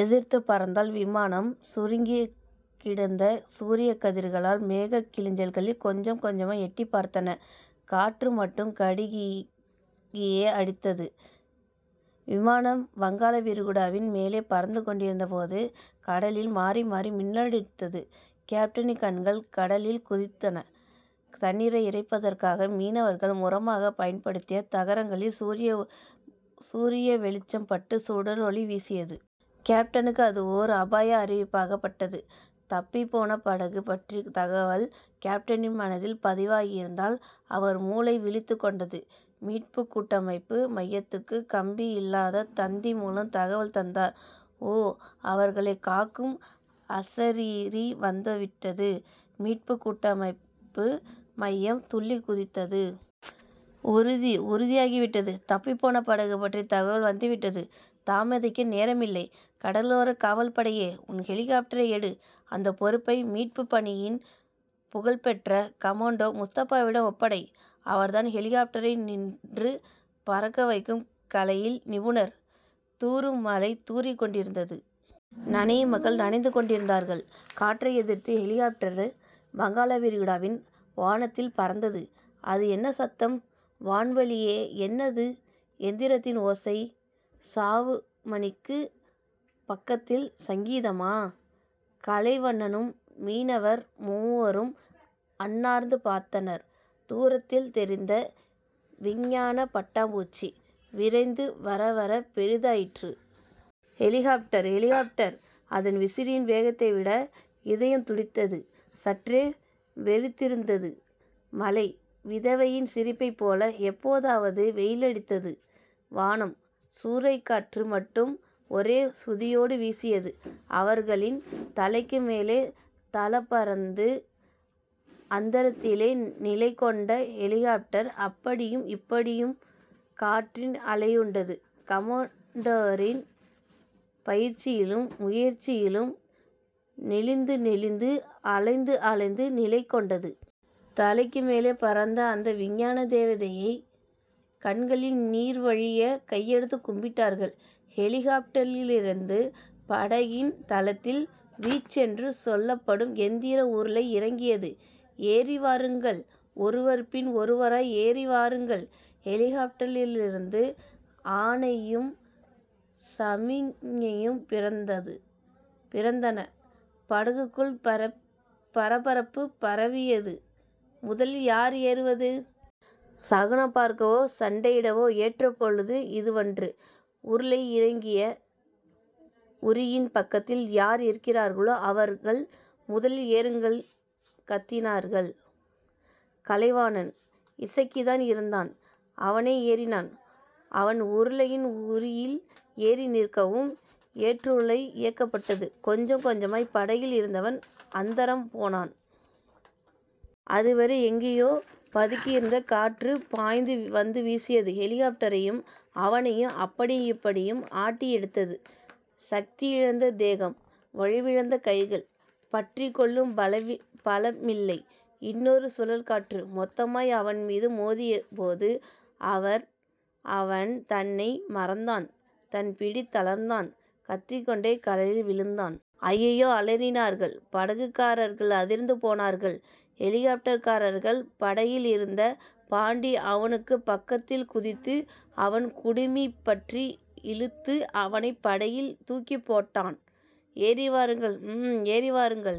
எதிர்த்துப் பறந்தால் விமானம் சுருங்கிக் கிடந்த சூரியக் கதிர்கள் மேகக் கிழிசல்களில் கொஞ்சம் கொஞ்சமாய் எட்டிப் பார்த்தன. காற்று மட்டும் கடுகியே அடித்தது. விமானம் வங்காள விரிகுடாவின் மேலே பறந்து கொண்டிருந்தபோது, கடலில் மாறிமாறி மின்னலடித்தது. கேப்டனின் கண்கள் கடலில் குதித்தன. தண்ணீரை இறைப்பதற்காக மீனவர்கள் முறமாகப் பயன்படுத்திய தகரங்களில் சூரிய வெளிச்சம்பட்டுச் சுடரொளி வீசியது. கேப்டனுக்கு அது ஓர் அபாய அறிவிப்பாகவே பட்டது. தப்பிப்போன படகு பற்றிய தகவல் கேப்டனின் மனதில் பதிவாகியிருந்ததால் அவர் மூளை விழித்துக்கொண்டது. மீட்புக் கூட்டமைப்பு மையத்துக்குக் கம்பி இல்லாத் தந்தி மூலம் தகவல் தந்தார். ஓ. அவர்களைக் காக்கும் அசரீரி வந்துவிட்டது. மீட்புக் கூட்டமைப்பு மையம் துள்ளிக் குதித்தது. உறுதி உறுதியாகிவிட்டது. தப்பிப்போன படகு பற்றிய தகவல் வந்துவிட்டது. தாமதிக்க நேரமில்லை. கடலோரக் காவல் படையே. உன் ஹெலிகாப்ட்டரை எடு. அந்தப் பொறுப்பை, மீட்புப் பணியில் புகழ்பெற்ற கமேண்டோ முஸ்தஃபாவிடம் ஒப்படை. அவர்தான் ஹெலிகாப்ட்டரை நின்று பறக்க வைக்கும் கலையில் நிபுணர். தூறும் மழை தூறிக் கொண்டேயிருந்தது. நனையும் மக்கள் நனைந்து கொண்டேயிருந்தார்கள். காற்றை எதிர்த்து ஹெலிகாப்ட்டர் வங்காளவிரிகுடாவின் வானத்தில் பறந்தது. அது என்ன சத்தம்? வான்வழியே என்ன அது எந்திரத்தின் ஓசை? சாவுமணிக்குப் பக்கத்தில் சங்கீதமா? கலைவண்ணனும் மீனவர் மூவரும் அண்ணாந்து பார்த்தனர். தூரத்தில் தெரிந்த விஞ்ஞானப் பட்டாம்பூச்சி, விரைந்து வரவரப் பெரிதாயிற்று. ஹெலிகாப்ட்டர். ஹெலிகாப்ட்டர். அதன் விசிறியின் வேகத்தைவிட இதயம் துடித்தது. சற்றே வெறித்திருந்தது மழை. விதவையின் சிரிப்பைப் போல எப்போதாவது வெயிலடித்தது வானம். சூறைக்காற்று மட்டும் ஒரே சுதியோடு வீசியது. அவர்களின் தலைக்கு மேலே தாழப்பறந்து அந்தரத்திலே நிலைகொண்ட ஹெலிகாப்ட்டர், அப்படியும் இப்படியும் காற்றில் அலையுண்டது. கமேண்டரின் பயிற்சியிலும் முயற்சியிலும் நெளிந்துநெளிந்து, அலைந்து அலைந்து நிலைகொண்டது. தலைக்குமேலே பறந்த அந்த விஞ்ஞான தேவதையைக் கண்களில் நீர்வழியக் கையெடுத்துக் கும்பிட்டார்கள். ஹெலிகாப்ட்டரிலிருந்து படகின் தளத்தில் வின்ச் என்று சொல்லப்படும் எந்திர உருளை இறங்கியது. ஏறிவாருங்கள் ஒருவர் பின் ஒருவராய் ஏறிவாருங்கள் ஹெலிகாப்ட்டரிலிருந்து ஆணையும் சமிக்ஞையும் பிறந்தன. படகுக்குள் பரபரப்பு பரவியது. முதலில் யார் ஏறுவது? சகுனம் பார்க்கவோ சண்டையிடவோ ஏற்றபொழுது இதுவன்று. உருளை இறக்கிய உறியின் பக்கத்தில் யார் இருக்கிறார்களோ அவர்கள் முதலில் ஏறுங்கள் கத்தினான் கலைவண்ணன். இசக்கிதான் இருந்தான். அவனே ஏறினான். அவன் உருளையின் உறியில் ஏறி நிற்கவும் ஏற்றுருளை இயக்கப்பட்டது. கொஞ்சம் கொஞ்சமாய்ப் படகில் இருந்தவன் அந்தரம் போனான். அதுவரை எங்கேயோ பதுங்கியிருந்த காற்று பாய்ந்து வந்து வீசியது. ஹெலிகாப்ட்டரையும் அவனையும் அப்படியும் இப்படியும் ஆட்டி எடுத்தது. சக்தியிழந்த தேகம். வலுவிழுந்த கைகள். பற்றிக் கொள்ளும் பலமில்லை. இன்னொரு சுழல்காற்று மொத்தமாய் அவன்மீது மோதியபோது, அவன் தன்னை மறந்தான். தன் பிடி தளர்ந்தான். கத்திக்கொண்டே கடலில் விழுந்தான். அய்யோ அலறினார்கள் படகுக்காரர்கள். அதிர்ந்து போனார்கள் ஹெலிகாப்ட்டர்காரர்கள். படகில் இருந்த பாண்டி அவனுக்குப் பக்கத்தில் குதித்து, அவன் குடுமி பற்றி இழுத்து அவனைப் படகில் தூக்கிப் போட்டான். ஏறிவாருங்கள். ம் ஏறிவாருங்கள்.